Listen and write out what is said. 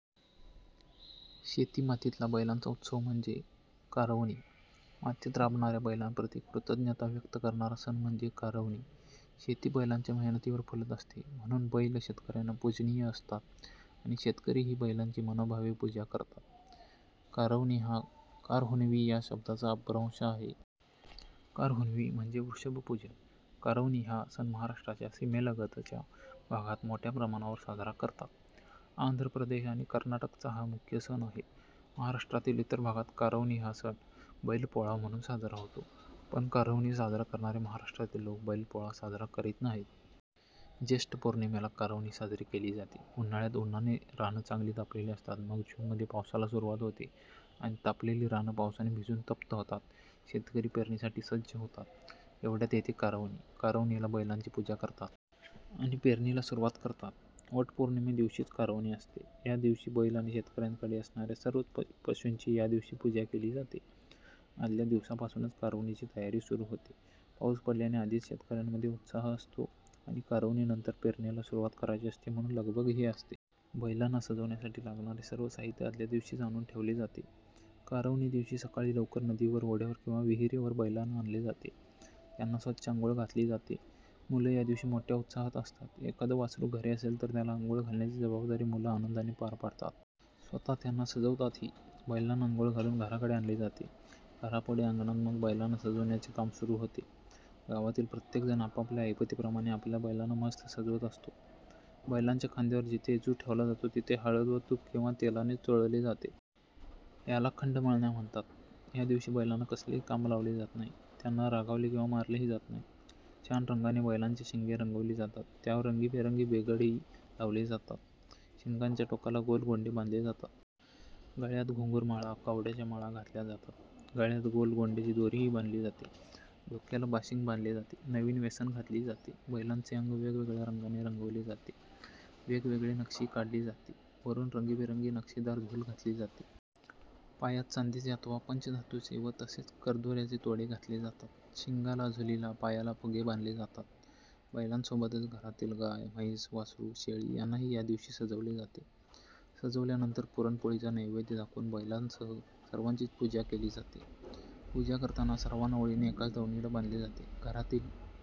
शेती-मातीतला बैलांचा उत्सव म्हणजे कारवनी. मातीत राबणाऱ्या बैलांप्रती कृतज्ञता व्यक्त करणारा सण म्हणजे कारवनी. शेती बैलांच्या मेहनतीवर फुलत असते. म्हणून बैल शेतकऱ्यांना पूजनीय असतात आणि शेतकरीही बैलांची मनोभावे पूजा करतात. 'कारवनी' हा 'कारहुणवी' या शब्दाचा अपभ्रंश आहे. कारहुणवी म्हणजे व्रषभपूजन. कारवणी हा सण महाराष्ट्राच्या सीमेलगतच्या भागात मोठ्या प्रमाणावर साजरा करतात. आंध्रप्रदेश आणि कर्नाटकचा हा मुख्य सण आहे. महाराष्ट्रातील इतर भागात कारवणी हा सण 'बैलपोळा' म्हणून साजरा होतो. पण कारवनी साजरा करणारे महाराष्ट्रातील लोक बैलपोळा साजरा करीत नाहीत. ज्येष्ठ पौर्णिमेला कारवनी साजरी केली जाते. उन्हाळ्यात उन्हाने रानं चांगली तापलेली असतात. मग जूनमध्ये पावसाला सुरुवात होते आणि तापलेली रानं पावसाने भिजून तप्त होतात. शेतकरी पेरणीसाठी सज्ज होतात. एवढ्यात येते कारवनी. कारवनीला बैलांची पूजा करतात. आणि पेरणीला सुरुवात करतात. वटपौर्णिमेदिवशीच कारवनी असते. या दिवशी बैल आणि शेतकऱ्यांकडे असणाऱ्या सर्वच पशूंची यादिवशी पूजा केली जाते. आदल्या दिवसापासूनच कारवनीची तयारी सुरू होते. पाऊस पडल्याने आधीच शेतकऱ्यांमध्ये उत्साह असतो. आणि कारवनीनंतर पेरणीला सुरुवात करायची असते म्हणून लगबगही असते. बैलांना सजवण्यासाठी लागणारे सर्व साहित्य आदल्यादिवशीच आणून ठेवले जाते. कारवनीदिवशी सकाळी लवकर नदीवर, ओढ्यावर किंवा विहिरीवर बैलांना आणले जाते. त्यांना स्वच्छ आंघोळ घातली जाते. मुलं या दिवशी मोठ्या उत्साहात असतात. एखादं वासरू घरी असेल तर त्याला अंघोळ घालण्याची जबाबदारी मुलं आनंदाने पार पाडतात. स्वतः त्यांना सजवतातही. बैलांना अंघोळ घालून घराकडे आणले जाते. घरापुढे अंगणात मग बैलांना सजवण्याचे काम सुरू होते. गावातील प्रत्येकजण आपापल्या ऐपतीप्रमाणे आपल्या बैलांना मस्त सजवत असतो. बैलांच्या खांद्यावर जिथे जू ठेवला जातो तिथे हळद व तूप किंवा तेलाने चोळले जाते. याला खंडमळण्या म्हणतात. या दिवशी बैलांना कसलेही काम लावले जात नाही. त्यांना रागावले किंवा मारलेही जात नाही. छान रंगाने बैलांची शिंगे रंगवली जातात. त्यावर रंगीबेरंगी बेगडही लावले जाते. शिंगाच्या टोकाला गोल गोंडे बांधले जातात. गळ्यात घुंगुरमाळा, कवड्याच्या माळा घातल्या जातात. गळ्यात गोल गोंड्याची दोरीही बांधली जाते. डोक्याला बाशिंग बांधले जाते. नवीन वेसण घातली जाते. बैलांचे अंग वेगवेगळ्या रंगाने रंगवले जाते. वेगवेगळी नक्षी काढली जाते. वरून रंगीबेरंगी नक्षीदार झूल घातली जाते. पायात चांदीचे अथवा पंचधातूचे व तसेच करदोऱ्याचे तोडे घातले जातात. शिंगाला, झूलीला, पायाला फुगे बांधले जातात. बैलांसोबतच घरातील गाय, म्हैस, वासरू, शेळी यांनाही या दिवशी सजवले जाते. सजवल्यानंतर पुरणपोळीचा नैवेद्य दाखवून बैलांसह सर्वांचीच पूजा केली जाते. पूजा करताना सर्वांना ओळीने एकाच दावणीला बांधले जाते. घरातील